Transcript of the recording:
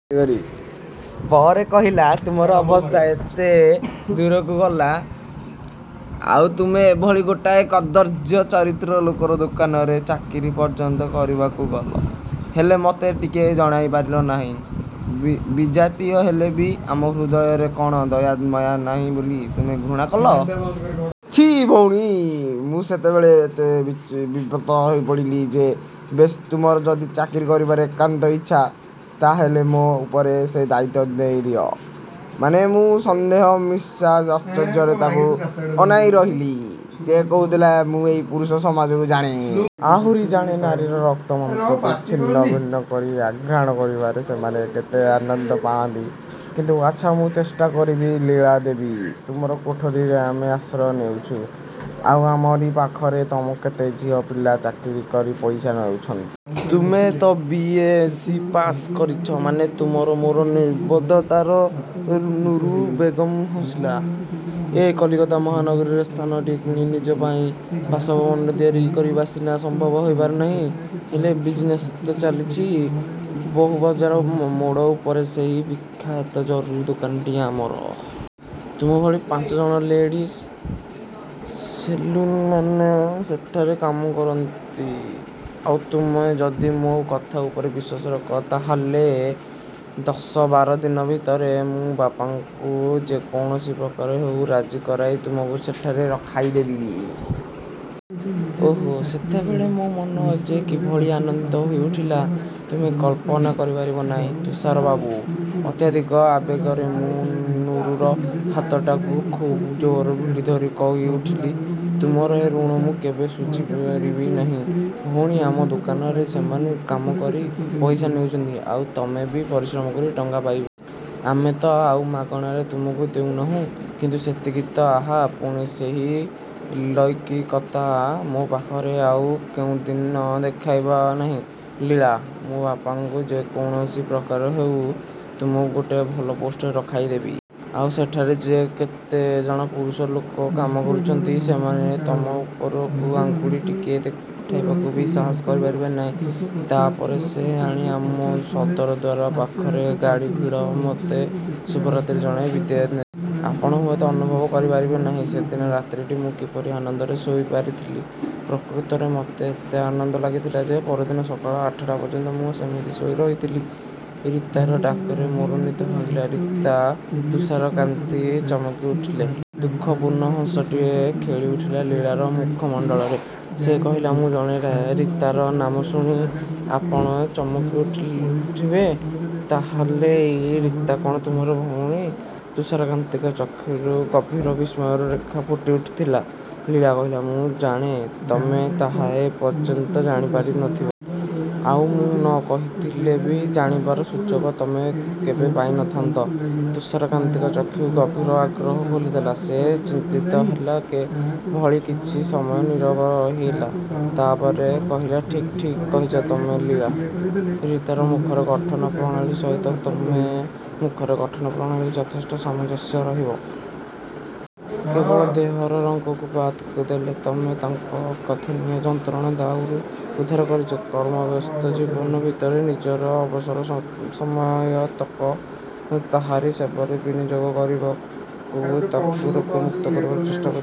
ପରେ କହିଲା, ତୁମର ଅବସ୍ଥା ଏତେ ଦୂରକୁ ଗଲା, ଆଉ ତୁମେ ଏଭଳି ଗୋଟାଏ କଦର୍ଯ୍ୟ ଚରିତ୍ର ଲୋକର ଦୋକାନରେ ଚାକିରି ପର୍ଯ୍ୟନ୍ତ କରିବାକୁ ଗଲ, ହେଲେ ମୋତେ ଟିକିଏ ଜଣାଇପାରିଲ ନାହିଁ? ବିଜାତୀୟ ହେଲେ ବି ଆମ ହୃଦୟରେ କଣ ଦୟା ମାୟା ନାହିଁ ବୋଲି ତୁମେ ଘୃଣା କଲ? ଛି, ଭଉଣୀ ମୁଁ ସେତେବେଳେ ଏତେ ବିବ୍ରତ ହୋଇପଡ଼ିଥିଲି ଯେ ବେଶ୍, ତୁମର ଯଦି ଚାକିରି କରିବାର ଏକାନ୍ତ ଇଚ୍ଛା, ତା ହେଲେ ମୋ ଉପରେ ସେ ଦାୟିତ୍ୱ ଦେଇଦିଅ। ମାନେ? ମୁଁ ସନ୍ଦେହ ମିଶା ଆଶ୍ଚର୍ଯ୍ୟରେ ତାକୁ ଅନାଇ ରହିଲି। ସେ କହୁଥିଲା, ମୁଁ ଏଇ ପୁରୁଷ ସମାଜକୁ ଜାଣେ। ଆହୁରି ଜାଣେ, ନାରୀର ରକ୍ତ ମାଂସକୁ ଛିନ୍ନଭିନ୍ନ କରି ଆଘ୍ରାଣ କରିବାରେ ସେମାନେ କେତେ ଆନନ୍ଦ ପାଆନ୍ତି। କିନ୍ତୁ ଆଚ୍ଛା, ମୁଁ ଚେଷ୍ଟା କରିବି ଲୀଳା ଦେବୀ। ତୁମରି କୋଠରି ରେ ଆମେ ଆଶ୍ରୟ ନେଇଛେ, ଆଉ ଆମରି ପାଖରେ କେତେ ଝିଅ ପିଲା ଚାକିରି କରି ପଇସା ନେଇଛନ୍ତି। ତୁମେ ତ ବି.ଏସ୍‌ସି. ପାସ୍ କରିଛ ମାନେ ତୁମର ମୋର ନିର୍ବୋଧତାର ନୁରୁ ବେଗମ୍ ହସିଲା। ଏ କଲିକତା ମହାନଗରୀରେ ସ୍ଥାନଟିଏ କିଣି ନିଜ ପାଇଁ ବାସଭବନଟିଏ ତିଆରି କରିବା ସିନା ସମ୍ଭବ ହୋଇପାରୁନାହିଁ, ହେଲେ ବିଜିନେସ୍ ତ ଚାଲିଛି। ବହୁବଜାର ମୋଡ଼ ଉପରେ ସେହି ବିଖ୍ୟାତ ଜହୁରୀ ଦୋକାନଟି ଆମର! ତୁମର ଭଳି ପାଞ୍ଚ ଜଣ ଲେଡିଜ ସେଲୁମାନେ ସେଠାରେ କାମ କରନ୍ତି। ଆଉ ତୁମେ ଯଦି ମୋ କଥା ଉପରେ ବିଶ୍ୱାସ ରଖ, ତା ହେଲେ ଦଶ ବାର ଦିନ ଭିତରେ ମୁଁ ବାପାଙ୍କୁ ଯେ କୌଣସି ପ୍ରକାରେ ହେଉ ରାଜି କରାଇ ତୁମକୁ ସେହିଠାରେ ରଖାଇ ଦେବି। ଓହୋ, ସେତେବେଳେ ମୋ ମନ ଯେ କିଭଳି ଆନନ୍ଦିତ ହୋଇଉଠିଲା, ତୁମେ କଳ୍ପନା କରିପାରିବ ନାହିଁ, ତୁଷାର ବାବୁ। ଅତ୍ୟଧିକ ଆବେଗରେ ମୁଁ ନୁରୁର ହାତଟାକୁ ଖୁବ୍ ଜୋର ଭିଡ଼ିଧରି କହିଉଠିଥିଲି, ତୁମର ଏ ଋଣ ମୁଁ କେବେ ଶୁଝିପାରିବି ନାହିଁ, ଭଉଣୀ। ଆମ ଦୋକାନରେ ସେମାନେ କାମ କରି ପଇସା ନେଉଛନ୍ତି ଆଉ ତମେ ବି ପରିଶ୍ରମ କରି ଟଙ୍କା ପାଇବ। ଆମେ ତ ଆଉ ମାଗଣାରେ ତମକୁ ଦେଉନାହୁଁ? କିନ୍ତୁ ସେତି କ ତ ଆହା, ପୁଣି ସେହି ଲୈକିକତା ମୋ ପାଖରେ ଆଉ କେଉଁ ଦିନ ଦେଖାଇବ ନାହିଁ, ଲୀଳା। ମୁଁ ବାପାଙ୍କୁ ଯେ କୌଣସି ପ୍ରକାରେ ହେଉ, ତମକୁ ଗୋଟାଏ ଭଲ ପୋଷ୍ଟରେ ରଖାଇ ଦେବି। ଆଉ ସେଠାରେ ଯେଉଁ କେତେ ଜଣ ପୁରୁଷ ଲୋକ କାମ କରୁଛନ୍ତି, ସେମାନେ ତମ ଉପରକୁ ଆଙ୍ଗୁଳି ଟିକିଏ ଉଠାଇବାକୁ ବି ସାହସ କରିପାରିବେ ନାହିଁ। ତା ପରେ ସେ ଆଣି ଆମ ସଦର ଦ୍ୱାର ପାଖରେ ଗାଡ଼ି ଭିଡ଼ ମୋତେ ଶୁଭରାତ୍ରି ଜଣାଇ ବିଦାୟ ନେଇଥିଲା। ଆପଣ ହୁଏତ ଅନୁଭବ କରିପାରିବେ ନାହିଁ, ସେଦିନ ରାତ୍ରିଟି ମୁଁ କିପରି ଆନନ୍ଦରେ ଶୋଇପାରିଥିଲି। ପ୍ରକୃତରେ ମୋତେ ଏତେ ଆନନ୍ଦ ଲାଗିଥିଲା ଯେ, ପରଦିନ ସକାଳ ଆଠଟା ପର୍ଯ୍ୟନ୍ତ ମୁଁ ସେମିତି ଶୋଇ ରହିଥିଲି। ରୀତାର ଡାକରେ ମୋର ନିଦ ଭାଙ୍ଗିଲା। ରୀତା! ତୁଷାରକାନ୍ତି ଚମକିଉଠିଲେ। ଦୁଃଖପୂର୍ଣ୍ଣ ହସଟିଏ ଖେଳିଉଠିଲା ଲୀଳାର ମୁଖମଣ୍ଡଳରେ। ସେ କହିଲା, ମୁଁ ଜଣେ ରୀତାର ନାମ ଶୁଣି ଆପଣ ଚମକିଉଠିବେ। ତା ହେଲେ ଏଇ ରୀତା କଣ ତୁମର ଭୋ ଉଣୀ? ତୁଷାରକାନ୍ତିଙ୍କ ଚକ୍ଷୁରେ ଗଭୀର ବିସ୍ମୟର ରେଖା ଫୁଟିଉଠିଥିଲା। ଲୀଳା କହିଲା, ମୁଁ ଜାଣେ, ତମେ ତାହା ଏ ପର୍ଯ୍ୟନ୍ତ ଜାଣିପାରି ନଥିବ। ଆଉ ମୁଁ ନ କହିଥିଲେ ବି ଜାଣିବାର ସୁଯୋଗ ତମେ କେବେ ପାଇନଥାନ୍ତ। ତୁଷାରକାନ୍ତିଙ୍କ ଚକ୍ଷୁ ଗଭୀର ଆଗ୍ରହ ଦେଖାଦେଲା। ସେ ଚିନ୍ତିତ ହେଲା ଭଳି କିଛି ସମୟ ନୀରବ ରହିଗଲେ। ତା ପରେ କହିଲେ, ଠିକ୍ ଠିକ୍ କହିଛ ତମେ ଲୀଳା। ରୀତାର ମୁଖର ଗଠନ ପ୍ରଣାଳୀ ସହିତ ତମ ମୁଖର ଗଠନ ପ୍ରଣାଳୀରେ ଯଥେଷ୍ଟ ସାମଞ୍ଜସ୍ୟ ରହିଛି। କେବଳ ଦେହର ରଙ୍ଗକୁ ବାଦ୍ ଦେଲେ ତମେ ତାକୁ ଅକଥନୀୟ ଯନ୍ତ୍ରଣା ଦାଉରୁ ଉଦ୍ଧାର କରିଛ। କର୍ମବ୍ୟସ୍ତ ଜୀବନ ଭିତରେ ନିଜର ଅବସର ସମୟତକ ତାହାରି ସେବାରେ ବିନିଯୋଗ କରିବ ତାକୁ ରୋଗମୁକ୍ତ କରିବା ଚେଷ୍ଟା କରିଛ। କୁ